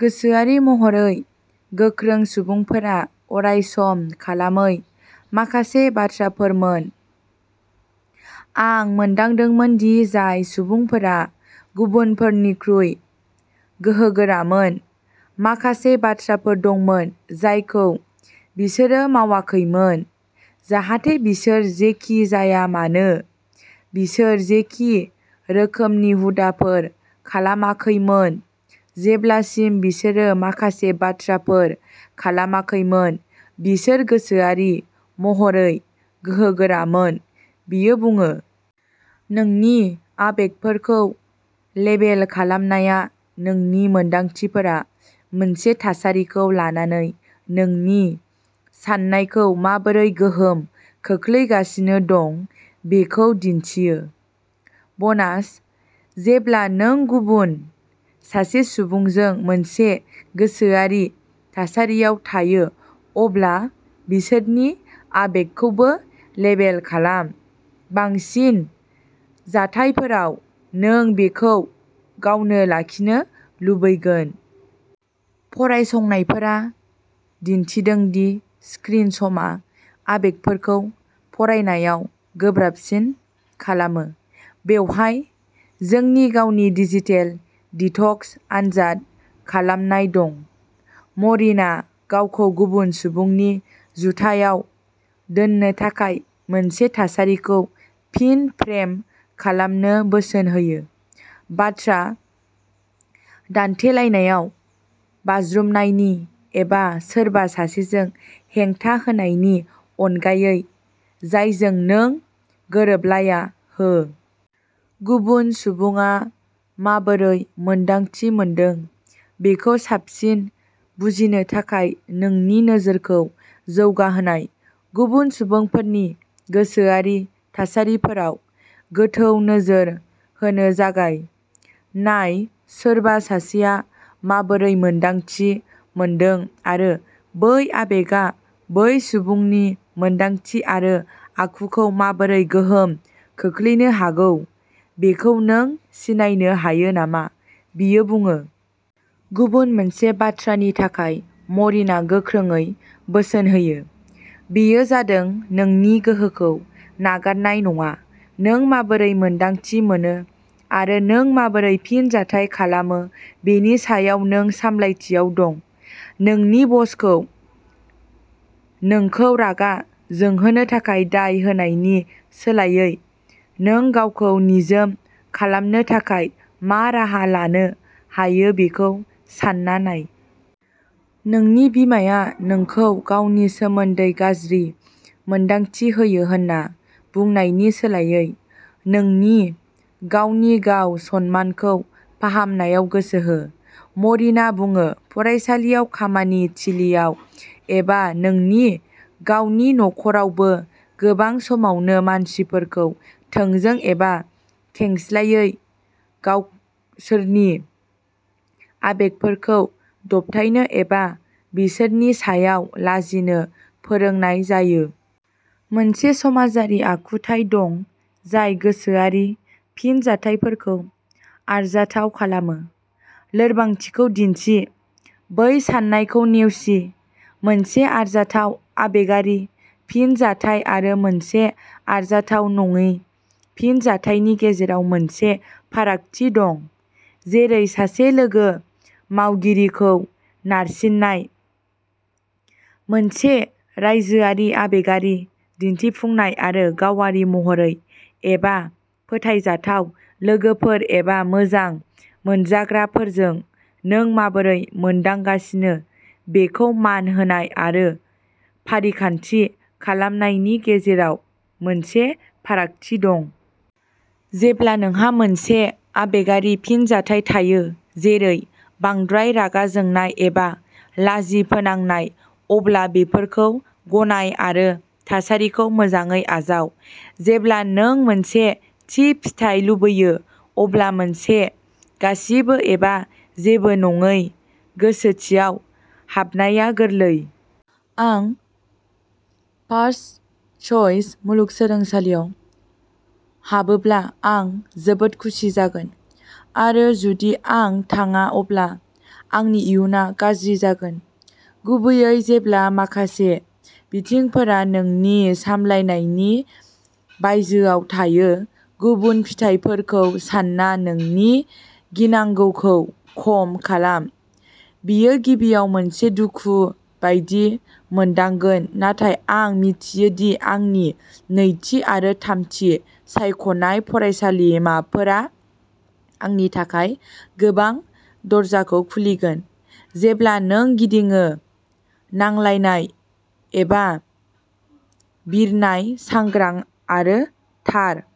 गोसोआरि महरै गोख्रों सुबुंफोरा अरायसम खालामै माखासे बाथ्राफोरमोन। "आं मोनदांदोंमोन दि जाय सुबुंफोरा गुबुनफोरनिख्रुइ गोहोगोरामोन, माखासे बाथ्राफोर दंमोन जायखौ बिसोरो मावाखैमोन, जाहाथे बिसोर जेखि जाया मानो बिसोर जेखि रोखोमनि हुदाफोर खालामाखैमोन, जेब्लासिम बिसोरो माखासे बाथ्राफोर खालामाखैमोन, बिसोर गोसोआरि महरै गोहोगोरामोन", बियो बुङो। नोंनि आबेगफोरखौ लेबेल खालामनाया नोंनि मोनदांथिफोरा मोनसे थासारिखौ लानानै नोंनि साननायखौ माबोरै गोहोम खोख्लैगासिनो दं बेखौ दिन्थियो। बोनासः जेब्ला नों गुबुन सासे सुबुंजों मोनसे गोसोआरि थासारियाव थायो, अब्ला बिसोरनि आबेगखौबो लेबेल खालाम। बांसिन जाथायफोराव, नों बेखौ गावनो लाखिनो लुबैगोन। फरायसंनायफोरा दिन्थिदों दि स्क्रिन समा आबेगफोरखौ फरायनायाव गोब्राबसिन खालामो। बेवहाय जोंनि गावनि डिजिटेल डिटक्स आनजाद खालामनाय दं। मरिनआ गावखौ गुबुन सुबुंनि जुथायाव दोननो थाखाय मोनसे थासारिखौ फिन फ्रेम खालामनो बोसोन होयो। "बाथ्रा दान्थेलायनायाव बाज्रुमनायनि एबा सोरबा सासेजों हेंथा होनायनि अनगायै जायजों नों गोरोबलाया हो। गुबुन सुबुङा माबोरै मोन्दांथि मोनदों बेखौ साबसिन बुजिनो थाखाय नोंनि नोजोरखौ जौगाहोनाय। "गुबुन सुबुंफोरनि गोसोआरि थासारिफोराव गोथौ नोजोर होनो जागाय। नाय सोरबा सासेआ माबोरै मोन्दांथि मोनदों आरो बै आबेगआ बै सुबुंनि मोनदांथि आरो आखुखौ माबोरै गोहोम खोख्लैनो हागौ बेखौ नों सिनायनो हायो नामा", बियो बुङो। गुबुन मोनसे बाथ्रानि थाखाय मरिनआ गोख्रोङै बोसोन होयो, बेयो जादों नोंनि गोहोखौ नागारनाय नङा। नों माबोरै मोन्दांथि मोनो आरो नों माबोरै फिनजाथाय खालामो बेनि सायाव नों सामलायथियाव दं। "नोंनि बसखौ नोंखौ रागा जोंहोनो थाखाय दाय होनायनि सोलायै, नों गावखौ निजोम खालामनो थाखाय मा राहा लानो हायो बेखौ सान्ना नाय। नोंनि बिमाया नोंखौ गावनि सोमोन्दै गाज्रि मोन्दांथि होयो होन्ना बुंनायनि सोलायै, नोंनि गावनि गाव-सनमानखौ फाहामनायाव गोसो हो", मरिनआ बुङो। फरायसालियाव खामानि थिलिआव एबा नोंनि गावनि नख'रावबो, गोबां समावनो मानसिफोरखौ थोंजों एबा खेंसालियायै गावसोरनि आबेगफोरखौ दबथायनो एबा बिसोरनि सायाव लाजिनो फोरोंनाय जायो। मोनसे समाजारि आखुथाय दं जाय गोसोआरि फिनजाथायफोरखौ आरजाथाव खालामो। लोरबांथिखौ दिन्थि। बै साननायखौ नेवसि। मोनसे आरजाथाव आबेगारि फिनजाथाय आरो मोनसे आरजाथाव नङि फिनजाथायनि गेजेराव मोनसे फारागथि दं, जेरै सासे लोगो मावगिरिखौ नारसिन्नाय। मोनसे रायजोआरि आबेगारि दिन्थिफुंनाय आरो गावारि महरै एबा फोथायजाथाव लोगोफोर एबा मोजां मोनजाग्राफोरजों नों माबोरै मोनदांगासिनो बेखौ मान होनाय आरो फारिखान्थि खालामनायनि गेजेराव मोनसे फारागथि दं। जेब्ला नोंहा मोनसे आबेगारि फिनजाथाय थायो, जेरै बांद्राय रागा जोंनाय एबा लाजि फोनांनाय, अब्ला बेफोरखौ गनाय आरो थासारिखौ मोजाङै आजाव। जेब्ला नों मोनसे थि फिथाय लुबैयो, अब्ला मोनसे गासिबो एबा जेबो नङै गोसोथियाव हाबनाया गोरलै। आं फार्स्टचइस मुलुगसोलोंसालियाव हाबोब्ला आं जोबोद खुसि जागोन आरो जुदि आं थाङा अब्ला आंनि इयुनआ गाज्रि जागोन। गुबैयै जेब्ला माखासे बिथिंफोरा नोंनि सामलायनायनि बायजोआव थायो, गुबुन फिथायफोरखौ सानना नोंनि गिनांगौखौ खम खालाम बेयो गिबियाव मोनसे दुखु बायदि मोनदांगोन, नाथाय आं मिथियो दि आंनि नैथि आरो थामथि सायख'नाय फरायसालिमाफोरा आंनि थाखाय गोबां दरजाखौ खुलिगोन। जेब्ला नों गिदिङो, नांलायनाय एबा बिरनाय सांग्रां आरो थार।